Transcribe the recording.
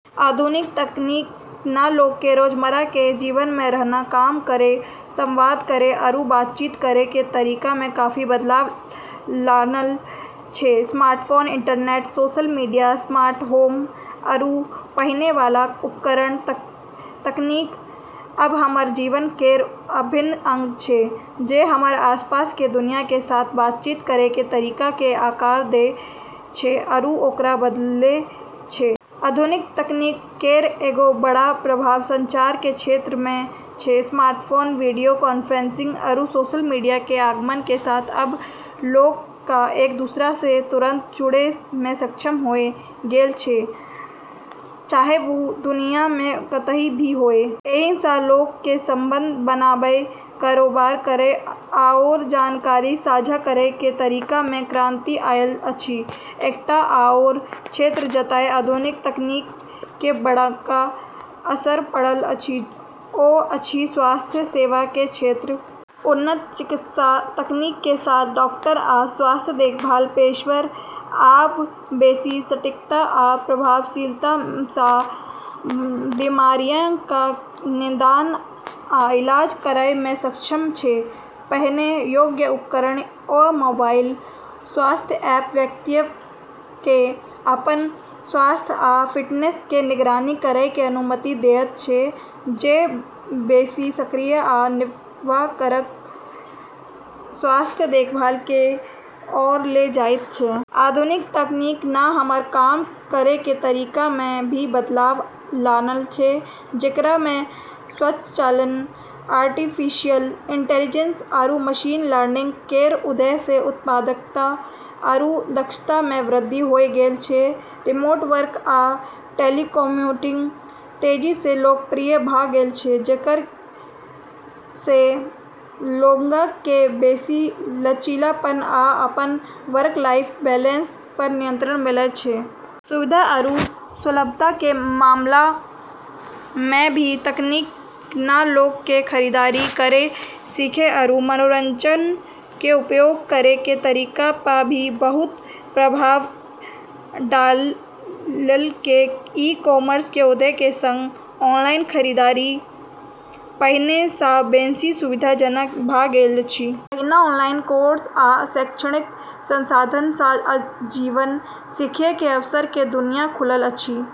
आधुनिक तकनीक न लोग के रोजमर्रा के जीवन मे रहना, काम करै, संवाद करै आरू बातचीत करै के तरीका मे काफी बदलाव लानल छै। Smartphone, internet, social media, smart home, आरू पहनै वाला उपकरण तक, तकनीक अब हमर जीवन केर अभिन्न अंग छै, जे हमर आसपास के दुनिया के साथ बातचीत करै के तरीका क आकार दै छै आरू ओकरा बदलै छै। आधुनिक तकनीक केर एगो बड़ प्रभाव संचार के क्षेत्र मे छै। स्मार्टफोन, वीडियो कॉन्फ्रेंसिंग, आरू सोशल मीडिया के आगमन के साथ अब लोग क एक-दूसरा स तुरंत जुड़ै मे सक्षम होय गेल छै, चाहे वू दुनिया मे कतहीं भी होय। एहि सं लोक के संबंध बनाबय, कारोबार करय, आओर जानकारी साझा करय के तरीका मे क्रांति आयल अछि। एकटा आओर क्षेत्र जतय आधुनिक तकनीक के बड़का असर पड़ल अछि ओ अछि स्वास्थ्य सेवा के क्षेत्र। उन्नत चिकित्सा तकनीक कें साथ, डॉक्टर आ स्वास्थ्य देखभाल पेशेवर आब बेसि सटीकता आ प्रभावशीलता सं बीमारियक कें निदान आ इलाज करय मे सक्षम छै। पहनय योग्य उपकरण आ मोबाइल स्वास्थ्य ऐप व्यक्तिक कें अपन स्वास्थ्य आ फिटनेस कें निगरानी करय कें अनुमति देयत छै, जे बेसि सक्रिय आ निवारक स्वास्थ्य देखभाल कें ओर ले जायत छै। आधुनिक तकनीक न हमर काम करै के तरीका मे भी बदलाव लानल छै, जेकरा मे स्वचालन, आर्टिफिशियल इंटेलिजेंस, आरू मशीन लर्निंग केर उदय स उत्पादकता आरू दक्षता मे वृद्धि होय गेल छै। रिमोट वर्क आ टेलीकॉम्यूटिंग तेजी सं लोकप्रिय भ गेल छै, जेकरा सं लोगक कें बेसि लचीलापन आ अपन वर्क-लाइफ बैलेंस पर नियंत्रण मिलय छै। सुविधा आरू सुलभता के मामला मे भी तकनीक न लोग के खरीदारी करै, सीखै, आरू मनोरंजन के उपयोग करै के तरीका प भी बहुत प्रभाव डाललकै। ई-कॉमर्स के उदय के संग ऑनलाइन खरीदारी पहिने सं बेसि सुविधाजनक भ गेल अछि। तहिना ऑनलाइन कोर्स आ शैक्षणिक संसाधन सं आजीवन सीखय के अवसर के दुनिया खुलल अछि।